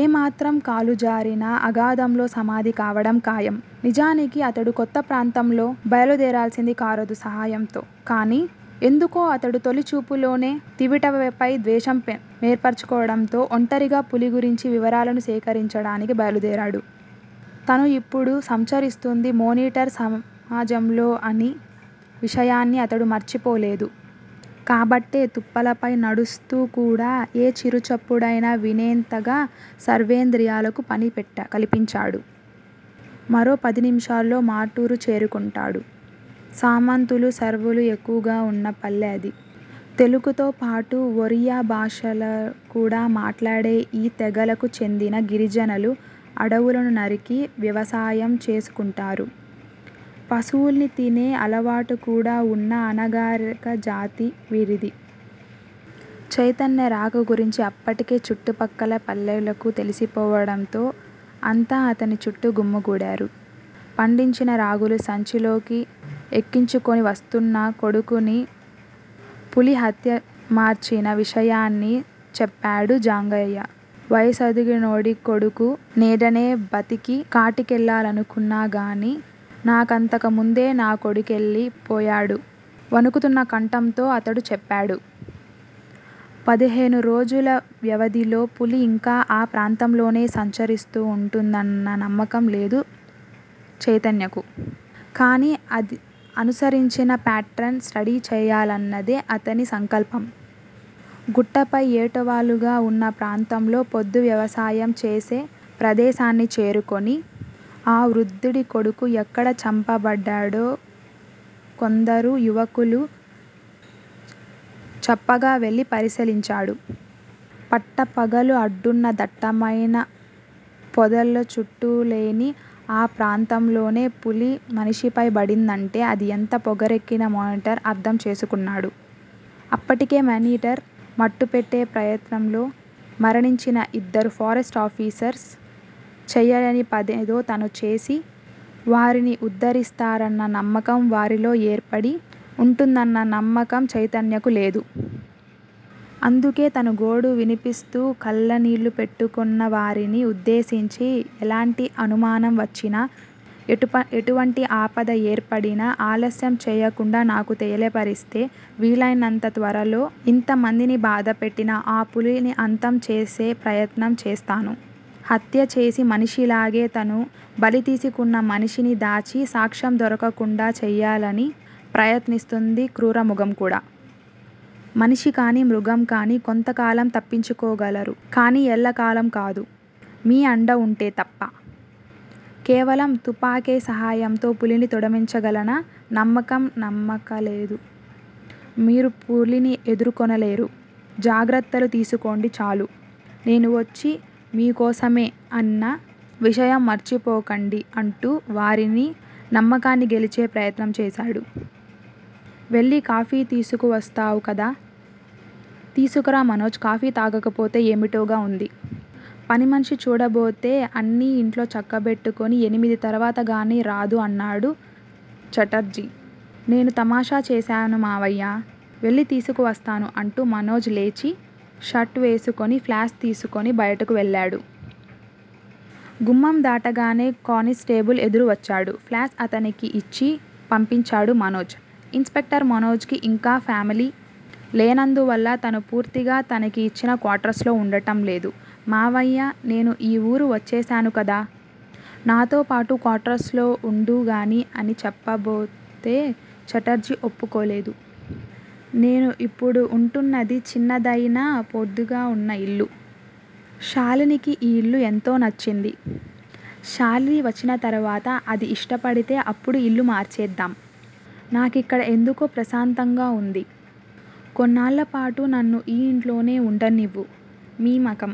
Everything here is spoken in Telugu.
ఏమాత్రం కాలుజారినా, అగాధంలో సమాధి కావటం ఖాయం. నిజానికి అతడు కొత్త ప్రాంతంలో బయలుదేరాల్సింది గార్డు సహాయంతో. కాని ఎందుకో అతడు తొలి చూపులోనే తవిటయ్య పై ద్వేష మేర్పడటంతో ఒంటరిగానే పులి గురించిన వివరాలను సేకరించాలని బయలుదేరాడు. తను ఇప్పుడు సంచరిస్తున్నది మేనీటర్ సామ్రాజ్యంలో అన్న విషయాన్ని అతడు మరిచిపోలేదు. కాబట్టే తుప్పలపై నడుస్తూ కూడా ఏ చిరుచప్పుడయినా వినేటంతగా శ్రవణేంద్రియాలకు పని కల్పించాడు. మరో పది నిముషాల్లో మార్టూరు చేరుకున్నాడు. సామంతులు, సవర్లు ఎక్కువగా వున్న పల్లె అది. తెలుగుతోపాటు ఒరియా భాషకూడా మాటాడే ఈ తెగకు చెందిన గిరిజనులు అడవుల్ని నరికి వ్యవసాయం చేస్తుంటారు. పశువుల్ని తినే అలవాటు కూడా వున్న అనాగరిక జాతి వీరిది. చైతన్య రాక గురించి అప్పటికే చుట్టుపక్కల పల్లెలకు తెలిసి పోవడంతో అంతా అతని చుట్టూ గుమిగూడారు. పండించిన రాగులు సంచిలోకి ఎక్కించుకుని వస్తున్న కొడుకుని పులి హతమార్చిన విషయాన్ని చెప్పాడు జంగయ్య. వయసుడిగినోడ్ని, కొడుకు నీడ్నే బతికి కాటికెల్లాలనుకున్నా కాని, నాకంటా ముందే నా కొడుకెళ్ళి పోండు వణుకుతున్న కంఠంతో అతడు చెప్పాడు. పదిహేను రోజుల వ్యవధిలో పులి ఇంకా ఆ ప్రాంతాన్నే సంచరిస్తూ ఉంటుందన్న నమ్మకం లేదు చైతన్యకు. కాని అది అనుసరించే పేటర్న్ స్టడీ చేయాలన్నదే అతడి సంకల్పం. గుట్టపై ఏటవాలుగా వున్న ప్రాంతంలో పోడు వ్యవసాయం చేసే ప్రదేశాన్ని చేరుకుని, ఆ వృద్ధుడు కొడుకు ఎక్కడ చంపబడింది కొందరు యువకులు చంపగా వెళ్ళి పరిశీలించాడు. పట్టపగలు అందునా దట్టమైన పొదలు చుట్టూలేని ఆ ప్రాంతంలోనే పులి మనిషిపై బడిందంటే అది ఎంత పొగరెక్కిన మేనీటర్ అర్ధం చేసుకున్నాడు. అప్పటికే మేనీటర్ మట్టుపెట్టే ప్రయత్నంలో మరణించిన ఇద్దరు ఫారెస్టాఫీసర్లు చేయలేని పనేదో తనుచేసి వారిని ఉద్దరిస్తాడన్న నమ్మకం వారిలో ఏర్పడి ఉంటుందన్న నమ్మకం చైతన్యకు లేదు. అందుకే తను గోడు వినిపిస్తూ కళ్ళనీళ్ళు పెట్టుకుంటున్న వారిని ఉద్దేశించి ఎలాంటి అనుమానం వచ్చినా, ఎటువంటి ఆపద ఏర్పడినా ఆలస్యం చేయకుండా నాకు తెలియపర్చితే వీలయినంత త్వరలో యింత మందిని బాధపెడుతున్న ఆ పులిని అంతం చేసే ప్రయత్నం చేస్తాను. హత్య చేసిన మనిషిలాగే, తను బలి తీసుకున్న మనిషిని దాచి సాక్ష్యం దొరక్కుండా చేయాలని ప్రయత్నిస్తుంది క్రూరమృగం కూడా. మనిషికాని, మృగంకాని కొంతకాలం తప్పించుకోగలరు కాని ఎల్లకాలం కాదు. మీ అండ ఉంటే తప్ప. కేవలం తుపాకీ సాయంతో పులిని తుడమించగలనా నమ్మకం నమ్మక లేదు. మీరు పులిని ఎదుర్కోనక్కరలేదు. జాగ్రత్తలు తీసుకోండి చాలు. నేను వచ్చింది మీకోసమే అన్న విషయం మరచిపోకండి అంటూ వారి నమ్మకాన్ని గెలిచే ప్రయత్నం చేశాడు. వెళ్ళి కాఫీ తీసుకు వస్తానన్నావ్ కదా! తీసుకురా మనోజ్ కాఫీ తాగకపోతే ఏమిటోగా వుంది. పనిమనిషి చూడబోతే అన్ని ఇళ్లూ చక్కబెట్టుకొని ఎనిమిది తరువాత గానీ రాదు అన్నాడు ఛటర్జీ. నిన్ను తమాషా చేశాను మావయ్యా! వెళ్ళి తీసుకువస్తాను అంటూ మనోజ్ లేచి షర్టు వేసుకుని, ప్లాస్క్ తీసుకుని బయటకి వెళ్ళాడు. గుమ్మం దాటగానే కానిస్టేబుల్ ఎదురు వచ్చాడు. ప్లాస్క్ అతనికి ఇచ్చి పంపించాడు మనోజ్. ఇన్ స్పెక్టర్ మనోజ్ కి ఇంకా ఫామిలీ లేనందువల్ల తను పూర్తిగా తనకి ఇచ్చిన క్వార్టర్స్ లో వుండటం లేదు. మావయ్యా నేను ఈ ఊరు వచ్చేశాను కదా! నాతోపాటు క్వార్టర్స్ లో వుందువు గాని అని చెబితే ఛటర్జీ ఒప్పుకోలేదు. నేను ఇప్పుడు వుంటున్నది చిన్నదైనా పొందికగా వున్న ఇల్లు. షాలినీకి ఈ ఇల్లు ఎంతో నచ్చింది. షాలిని వచ్చిన తరువాత అది ఇష్టపడితే అప్పుడు ఇల్లు మార్చేద్దాం. నాకిక్కడ ఎందుకో ప్రశాంతంగా వుంది. కొన్నాళ్ళపాటు నన్ను ఈ యింట్లోనే వుండనివ్వు. మీ మకాం